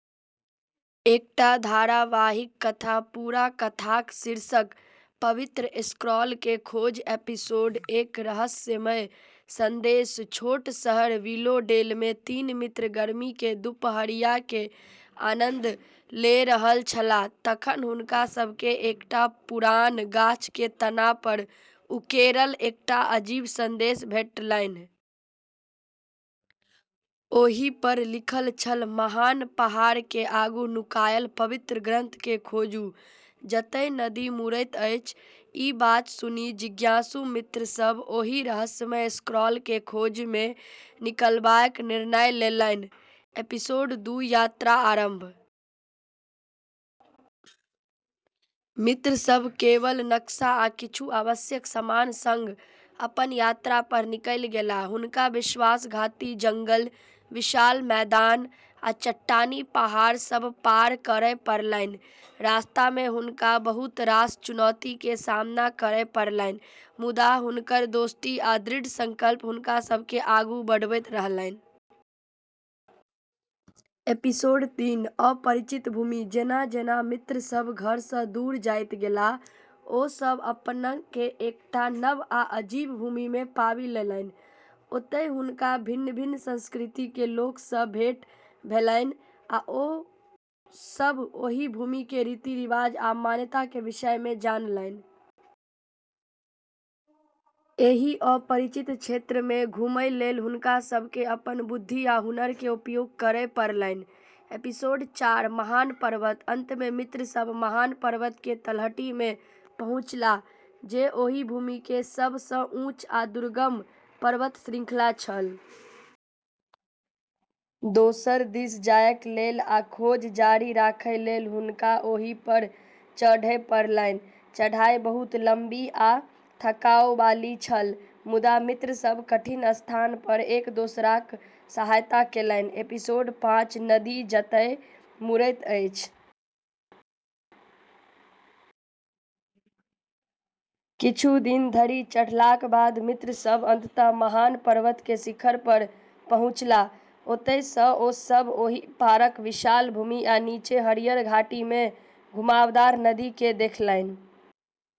एकटा धारावाहिक कथा। पूरा कथाक शीर्षक: पवित्र स्क्रॉल के खोज। एपिसोड एक: रहस्यमय संदेश। छोट शहर विलोडेल मे तीन मित्र गर्मी के दुपहरिया के आनंद ले रहल छलाह। तखन हुनका सभ के एकटा पुरान गाछ के तना पर उकेरल एकटा अजीब संदेश भेटलन्हि। ओहि पर लिखल छल, "महान पहाड़ के आगू नुकायल पवित्र ग्रंथ के खोजू, जतय नदी मुड़ैत अछि।" ई बात सुनि जिज्ञासु मित्र सभ ओहि रहस्यमय स्क्रॉल के खोज मे निकलयबाक निर्णय लेलन्हि। एपिसोड दू: यात्रा आरम्भ। मित्र सभ केवल नक्शा आ किछु आवश्यक सामान संग अपन यात्रा पर निकलि गेलाह। हुनका विश्वासघाती जंगल, विशाल मैदान आ चट्टानी पहाड़ सभ पार करय पड़लन्हि। रास्ता मे हुनका बहुत रास चुनौती के सामना करय पड़लन्हि, मुदा हुनकर दोस्ती आ दृढ़ संकल्प हुनका सभ के आगू बढ़बैत रहलन्हि। एपिसोड तीन: अपरिचित भूमि। जेना-जेना मित्र सभ घर सँ दूर जाइत गेलाह, ओ सभ अपन के एकटा नव आ अजीब भूमि मे पाबि लेलन्हि। ओतय हुनका भिन्न-भिन्न संस्कृति के लोक सँ भेंट भेलन्हि आ ओ सभ ओहि भूमि के रीति-रिवाज आ मान्यता के विषय मे जानलन्हि। एहि अपरिचित क्षेत्र मे घुमय लेल हुनका सभ के अपन बुद्धि आ हुनर के उपयोग करय पड़लन्हि। एपिसोड चार: महान पर्वत। अंत मे मित्र सभ महान पर्वत के तलहटी मे पहुँचलाह, जे ओहि भूमि के सभ सँ ऊँच आ दुर्गम पर्वत श्रृंखला छल। दोसर दिस जायक लेल आ खोज जारी राखय लेल हुनका ओहि पर चढ़य पड़लन्हि। चढ़ाई बहुत लम्बी आ थकाउबाली छल, मुदा मित्र सभ कठिन स्थान पर एक दोसराक सहायता केलन्हि। एपिसोड पाँच: नदी जतय मुड़ैत अछि। किछु दिन धरि चढ़लाक बाद मित्र सभ अंततः महान पर्वत के शिखर पर पहुँचलाह। ओतय सँ ओ सभ ओहि पारक विशाल भूमि आ नीचे हरियर घाटी मे घुमावदार नदी के देखलन्हि।